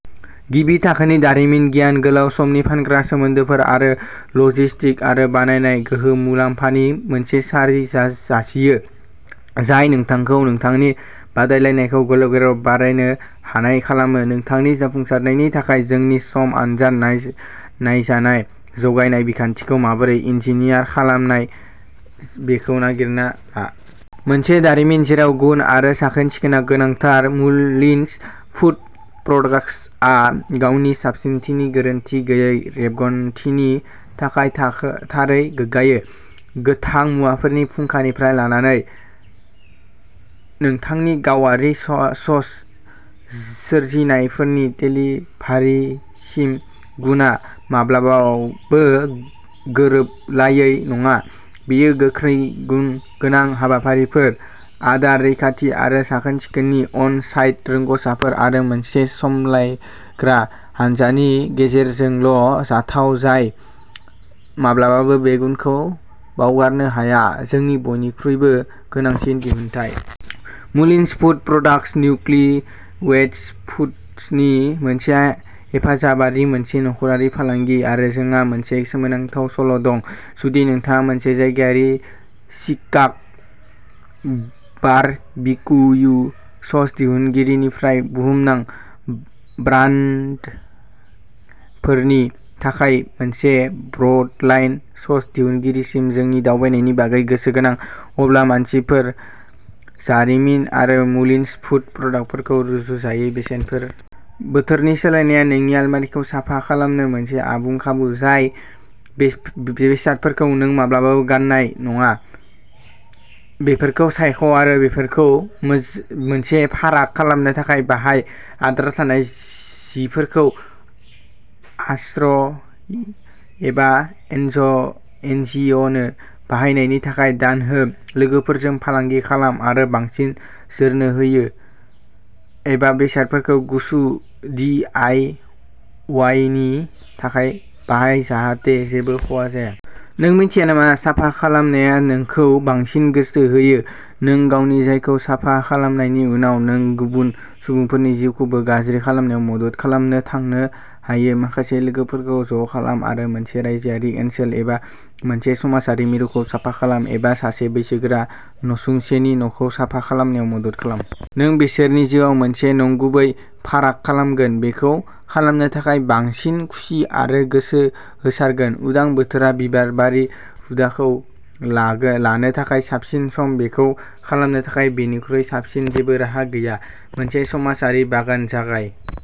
गिबि थाखोनि दारिमिन गियान, गोलाव समनि फानग्रा सोमोन्दोफोर आरो लजिस्टिक आरो बायनाय गोहो मुलाम्फानि मोनसे सारि जा जासियो। जाय नोंथांखौ नोंथांनि बादायलायनायखौ गले-गले बारायनो हानाय खालामो। नोंथांनि जाफुंसारनायनि थाखाय जोंनि सम आनजाद नाय नायजानाय, जगायनाय बिखान्थिखौ माबोरै इन्जिनियार खालामनाय बेखौ नागिरना आ। मोनसे दारिमिन, जेराव गुन आरो साखोन-सिखोनआ गोनांथार, मुलिन्स फुद प्रडाक्टसआ गावनि साबसिनथिनि गोरोनथि गैयै रेबगन्थिनि थाखाय थाख थारै गोग्गायो। गोथां मुवाफोरनि फुंखानिफ्राय लानानै नोंथांनि गावारि स सस सोरजिनायफोरनि देलिभारिसिम, गुनआ माब्लावबाबो गोरोबलायै नङा। बेयो गोख्रै गुनगोनां हाबाफारिफोर, आदार रैखाथि आरो साखोन-सिखोननि अन साइट रोंग'साफोर आरो मोनसे समलायग्रा हानजानि गेजेरजोंल' जाथाव। जाय माब्लाबाबो बे गुनखौ बावगारनो हाया, जोंनि बयनिख्रुइबो गोनांसिन दिहुनथाय। Mullins food products, Newly Weds फुडसनि मोनसे हेफाजाबारि, मोनसे नखरारि फालांगि, आरो जोंहा मोनसे सोमोनांथाव सल' दं। जुदि नोंथाङा मोनसे जायगायारि शिकाग बारबिक्यु सस दिहुनगिरिनिफ्राय बुहुमनां ब्रान्डफोरनि थाखाय मोनसे ब्रडलाइन सस दिहुनगिरिसिम जोंनि दावबायनायनि बागै गोसोगोनां। अब्ला मानसिफोर, जारिमिन आरो मुलिनस फुद प्रडाक्टफोरखौ रुजुजायै बेसेनफोर। बोथोरनि सोलायनाया नोंनि आलमारिखौ साफा खालामनो मोनसे आबुं खाबु। जाय बे-बेसादफोरखौ नों माब्लाबाबो गान्नाय नङा। बेफोरखौ सायख' आरो बेफोरखौ मो-मोनसे फाराग खालामनो थाखाय बाहाय, आद्रा थानाय जि-जिफोरखौ आश्र एबा एनज' एनजिअ'नो बाहायनायनि थाखाय दान हो, लोगोफोरजों फालांगि खालाम आरो बांसिन जोरनो हायो एबा बेसादफोरखौ गुसु दि आइ अवाइ नि थाखाय बाहाय जाहाथे जेबो खहा जाया। नों मिनथिया नामा? साफा खालामनाया नोंखौ बांसिन गोसो होयो। नों गावनि जायगाखौ साफा खालामनायनि उनाव, नों गुबुन सुबुंफोरनि जिउखौबो गाज्रि खालामनायाव मदद खालामनो थांनो हायो। माखासे लोगोफोरखौ ज' खालाम आरो मोनसे रायजोआरि ओनसोल एबा मोनसे समाजारि मिरुखौ साफा खालाम एबा सासे बैसोगोरा नसुंसेनि न'खौ साफा खालामनायाव मदद खालाम। नों बिसोरनि जिउआव मोनसे नंगुबै फाराग खालामगोन, बेखौ खालामनो थाखाय बांसिन खुसि आरो गोसो होसारगोन। उदां बोथोरा बिबारबारि हुदाखौ लागो लानो थाखाय साबसिन सम। बेखौ खालामनो थाखाय बेनिख्रुइ साबसिन जेबो राहा गैया। मोनसे समाजारि बागान जागाय।